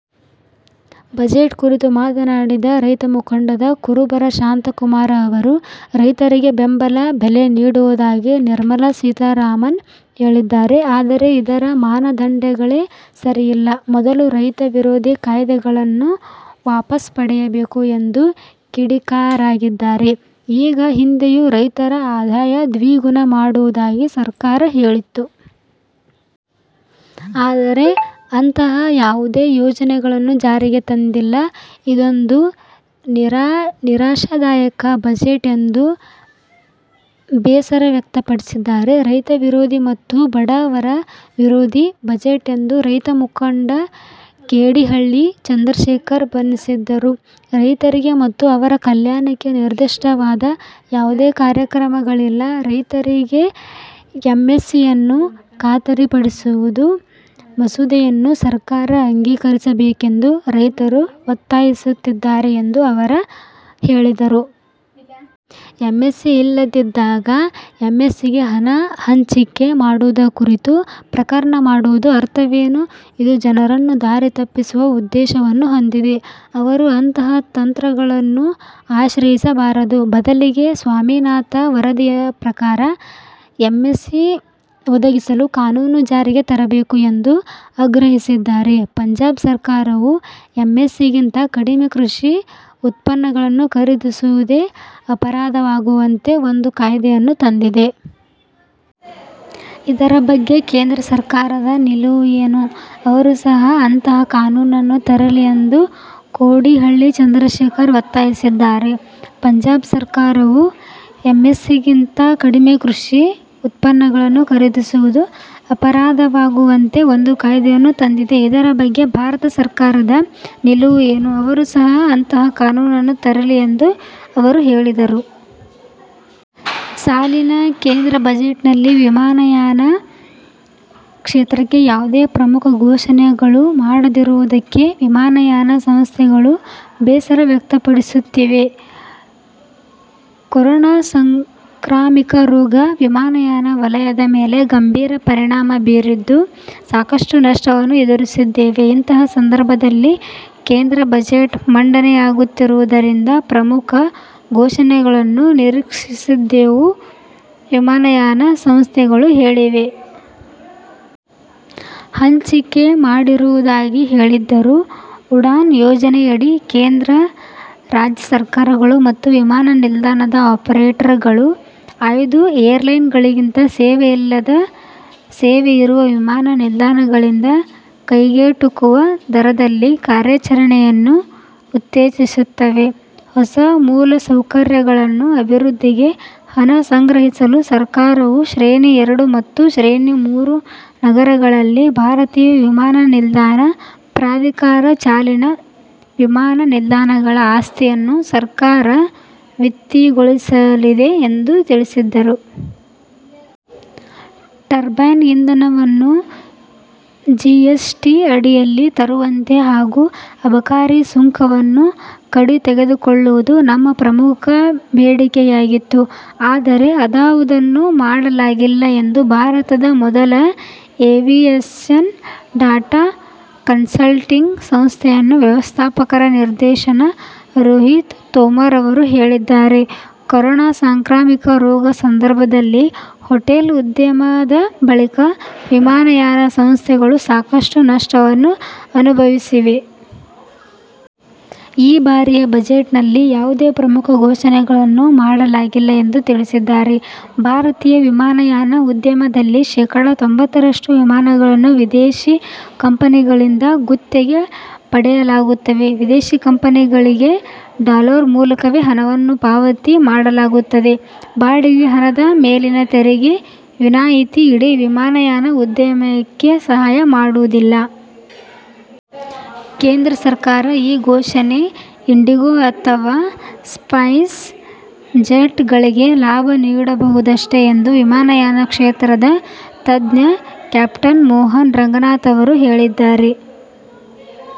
Budget ಕುರಿತು ಮಾತನಾಡಿದ ರೈತಮುಖಂಡ ಕುರುಬೂರು ಶಾಂತಕುಮಾರ್ ಅವರು, ರೈತರಿಗೆ ಬೆಂಬಲ ಬೆಲೆ ನೀಡುವುದಾಗಿ ನಿರ್ಮಲಾ ಸೀತಾರಾಮನ್ ಹೇಳಿದ್ದಾರೆ. ಆದರೆ, ಇದರ ಮಾನದಂಡಗಳೇ ಸರಿಯಿಲ್ಲ. ಮೊದಲು ರೈತ ವಿರೋಧಿ ಕಾಯ್ದೆಗಳನ್ನು ವಾಪಸ್ಸ್ ಪಡೆಯಬೇಕು ಎಂದು ಕಿಡಿಕಾರಿದ್ದಾರೆ. ಈ ಹಿಂದೆಯೂ ರೈತರ ಆದಾಯ ದ್ವಿಗುಣ ಮಾಡುವುದಾಗಿ ಸರ್ಕಾರ ಹೇಳಿತ್ತು. ಆದರೆ, ಅಂತಹ ಯಾವುದೇ ಯೋಜನೆಗಳನ್ನು ಜಾರಿಗೆ ತಂದಿಲ್ಲ. ಇದೊಂದು ನಿರಾಶಾದಾಯಕ ಬಜೆಟ್ ಎಂದು ಬೇಸರವ್ಯಕ್ತಪಡಿಸಿದ್ದಾರೆ. ರೈತ ವಿರೋಧಿ ಮತ್ತು ಬಡ ವರ ವಿರೋಧಿ ಬಜೆಟ್ ಎಂದು ರೈತ ಮುಖಂಡ ಕೋಡಿಹಳ್ಳಿ ಚಂದ್ರಶೇಖರ್ ಬಣ್ಣಿಸಿದರು. ರೈತರಿಗೆ ಮತ್ತು ಅವರ ಕಲ್ಯಾಣಕ್ಕೆ ನಿರ್ದಿಷ್ಟವಾದ ಯಾವುದೇ ಕಾರ್ಯಕ್ರಮಗಳಿಲ್ಲ, ರೈತರಿಗೆ ಎಂಎಸ್ಪಿಯನ್ನು ಖಾತರಿಪಡಿಸುವ ಮಸೂದೆಯನ್ನು ಸರ್ಕಾರ ಅಂಗೀಕರಿಸಬೇಕೆಂದು ರೈತರು ಒತ್ತಾಯಿಸುತ್ತಿದ್ದಾರೆ ಎಂದು ಅವರು ಹೇಳಿದರು. ಎಂಎಸ್ಪಿ ಇಲ್ಲದಿದ್ದಾಗ, ಎಂಎಸ್ಪಿಗೆ ಹಣ ಹಂಚಿಕೆ ಮಾಡುವ ಕುರಿತು ಪ್ರಕಟಣೆ ಮಾಡುವುದರ ಅರ್ಥವೇನು? ಇದು ಜನರನ್ನು ದಾರಿ ತಪ್ಪಿಸುವ ಉದ್ದೇಶವನ್ನು ಹೊಂದಿದೆ. ಅವರು ಅಂತಹ ತಂತ್ರಗಳನ್ನು ಆಶ್ರಯಿಸಬಾರದು. ಬದಲಿಗೆ ಸ್ವಾಮಿನಾಥನ್ ವರದಿಯ ಪ್ರಕಾರ ಎಂಎಸ್ಪಿ ಒದಗಿಸಲು ಕಾನೂನು ಜಾರಿಗೆ ತರಬೇಕು ಎಂದು ಆಗ್ರಹಿಸಿದ್ದಾರೆ. ಪಂಜಾಬ್ ಸರ್ಕಾರವು ಎಂಎಸ್ಪಿಗಿಂತ ಕಡಿಮೆ ಕೃಷಿ ಉತ್ಪನ್ನಗಳನ್ನು ಖರೀದಿಸುವುದು ಅಪರಾಧವಾಗುವಂತೆ ಒಂದು ಕಾಯ್ದೆಯನ್ನು ತಂದಿದೆ. ಇದರ ಬಗ್ಗೆ ಕೇಂದ್ರ ಸರ್ಕಾರದ ನಿಲುವು ಏನು? ಅವರೂ ಸಹ ಅಂತಹ ಕಾನೂನನ್ನು ತರಲಿ ಎಂದು ಕೋಡಿಹಳ್ಳಿ ಚಂದ್ರಶೇಖರ್ ಒತ್ತಾಯಿಸಿದ್ದಾರೆ. ಪಂಜಾಬ್ ಸರ್ಕಾರವು ಎಂಎಸ್ಪಿಗಿಂತ ಕಡಿಮೆ ಕೃಷಿ ಉತ್ಪನ್ನಗಳನ್ನು ಖರೀದಿಸುವುದು ಅಪರಾಧವಾಗುವಂತೆ ಒಂದು ಕಾಯ್ದೆಯನ್ನು ತಂದಿದೆ. ಇದರ ಬಗ್ಗೆ ಭಾರತ ಸರ್ಕಾರದ ನಿಲುವು ಏನು? ಅವರೂ ಸಹ ಅಂತಹ ಕಾನೂನನ್ನು ತರಲಿ ಎಂದು ಅವರು ಹೇಳಿದರು. ಸಾಲಿನ ಕೇಂದ್ರ ಬಜೆಟ್ ನಲ್ಲಿ ವಿಮಾನಯಾನ ಕ್ಷೇತ್ರಕ್ಕೆ ಯಾವುದೇ ಪ್ರಮುಖ ಘೋಷಣೆಗಳನ್ನು ಮಾಡದಿರುವುದಕ್ಕೆ ವಿಮಾನಯಾನ ಸಂಸ್ಥೆಗಳು ಬೇಸರ ವ್ಯಕ್ತಪಡಿಸುತ್ತಿವೆ. ಕೊರೋನಾ ಸಾಂಕ್ರಾಮಿಕ ರೋಗ ವಿಮಾನಯಾನ ವಲಯದ ಮೇಲೆ ಗಂಭೀರ ಪರಿಣಾಮ ಬೀರಿದ್ದು, ಸಾಕಷ್ಟು ನಷ್ಟವನ್ನು ಎದುರಿಸಿದ್ದೇವೆ. ಇಂತಹ ಸಂದರ್ಭದಲ್ಲಿ ಕೇಂದ್ರ ಬಜೆಟ್ ಮಂಡನೆಯಾಗುತ್ತಿರುವುದರಿಂದ ಪ್ರಮುಖ ಘೋಷಣೆಗಳನ್ನು ನಿರೀಕ್ಷಿಸಿದ್ದೆವು ವಿಮಾನಯಾನ ಸಂಸ್ಥೆಗಳು ಹೇಳಿವೆ. ಹಂಚಿಕೆ ಮಾಡಿರುವುದಾಗಿ ಹೇಳಿದ್ದರು. ಉಡಾನ್ ಯೋಜನೆಯಡಿ, ಕೇಂದ್ರ, ರಾಜ್ಯ ಸರ್ಕಾರಗಳು ಮತ್ತು ವಿಮಾನ ನಿಲ್ದಾಣ ಆಪರೇಟರ್ ಗಳು ಆಯ್ದು ಏರ್ ಲೈನ್ಸ್ ಗಳಿಂದ ಸೇವೆ ಇಲ್ಲದ ಸೇವೆ ಇರುವ ವಿಮಾನ ನಿಲ್ದಾಣಗಳಿಂದ ಕೈಗೆಟುಕುವ ದರದಲ್ಲಿ ಕಾರ್ಯಾಚರಣೆಯನ್ನು ಉತ್ತೇಜಿಸುತ್ತವೆ. ಹೊಸ ಮೂಲಸೌಕರ್ಯಗಳನ್ನು ಅಭಿವೃದ್ಧಿಗೆ ಹಣ ಸಂಗ್ರಹಿಸಲು ಸರ್ಕಾರವು ಶ್ರೇಣಿ ಎರಡು ಮತ್ತು ಶ್ರೇಣಿ ಮೂರು ನಗರಗಳಲ್ಲಿನ ಭಾರತೀಯ ವಿಮಾನ ನಿಲ್ದಾಣ ಪ್ರಾಧಿಕಾರ ಚಾಲಿತ ವಿಮಾನ ನಿಲ್ದಾಣಗಳ ಆಸ್ತಿಯನ್ನು ಸರ್ಕಾರ ವಿತ್ತೀಯಗೊಳಿಸಲಿದೆ ಎಂದು ತಿಳಿಸಿದ್ದರು. ಟರ್ಬೈನ್ ಇಂಧನವನ್ನು ಜಿಎಸ್ ಟಿ ಅಡಿಯಲ್ಲಿ ತರುವಂತೆ ಹಾಗೂ ಅಬಕಾರಿ ಸುಂಕವನ್ನು ಕಡಿತಗೊಳಿಸುವುದು ನಮ್ಮ ಪ್ರಮುಖ ಬೇಡಿಕೆಯಾಗಿತ್ತು. ಆದರೆ, ಅದಾವುದನ್ನೂ ಮಾಡಲಾಗಿಲ್ಲ ಎಂದು ಭಾರತದ ಮೊದಲ ಏವಿಯೇಷನ್ ಡಾಟಾ ಕನ್ಸಲ್ಟಿಂಗ್ ಸಂಸ್ಥೆಯ ವ್ಯವಸ್ಥಾಪಕ ನಿರ್ದೇಶಕ ರೋಹಿತ್ ತೋಮರ್ ಅವರು ಹೇಳಿದ್ದಾರೆ. ಕೊರೋನಾ ಸಾಂಕ್ರಾಮಿಕ ರೋಗ ಸಂದರ್ಭದಲ್ಲಿ ಹೋಟೆಲ್ ಉದ್ಯಮದ ಬಳಿಕ ವಿಮಾನಯಾನ ಸಂಸ್ಥೆಗಳು ಸಾಕಷ್ಟು ನಷ್ಟವನ್ನು ಅನುಭವಿಸಿವೆ. ಈ ಬಾರಿಯ ಬಜೆಟ್ ನಲ್ಲಿ ಯಾವುದೇ ಪ್ರಮುಖ ಘೋಷಣೆಗಳನ್ನು ಮಾಡಲಾಗಿಲ್ಲ ಎಂದು ತಿಳಿಸಿದ್ದಾರೆ. ಭಾರತೀಯ ವಿಮಾನಯಾನ ಉದ್ಯಮದಲ್ಲಿ ಶೇಕಡಾ ತೊಂಬತ್ತರಷ್ಟು ವಿಮಾನಗಳನ್ನು ವಿದೇಶಿ ಕಂಪನಿಗಳಿಂದ ಗುತ್ತಿಗೆ ಪಡೆಯಲಾಗುತ್ತದೆ. ವಿದೇಶಿ ಕಂಪನಿಗಳಿಗೆ ಡಾಲರ್ ಮೂಲಕವೇ ಹಣವನ್ನು ಪಾವತಿ ಮಾಡಲಾಗುತ್ತದೆ. ಬಾಡಿಗೆ ಹಣದ ಮೇಲಿನ ತೆರಿಗೆ ವಿನಾಯಿತಿ ಇಡೀ ವಿಮಾನಯಾನ ಉದ್ಯಮಕ್ಕೆ ಸಹಾಯ ಮಾಡುವುದಿಲ್ಲ. ಕೇಂದ್ರ ಸರ್ಕಾರ ಈ ಘೋಷಣೆ ಇಂಡಿಗೋ ಅಥವಾ ಸ್ಪೈಸ್ ಜೆಟ್ ಗಳಿಗೆ ಲಾಭ ನೀಡಬಹುದಷ್ಟೇ ಎಂದು ವಿಮಾನಯಾನ ಕ್ಷೇತ್ರದ ತಜ್ಞ ಕ್ಯಾಪ್ಟೆನ್ ಮೋಹನ್ ರಂಗನಾಥ್ ಅವರು ಹೇಳಿದ್ದಾರೆ.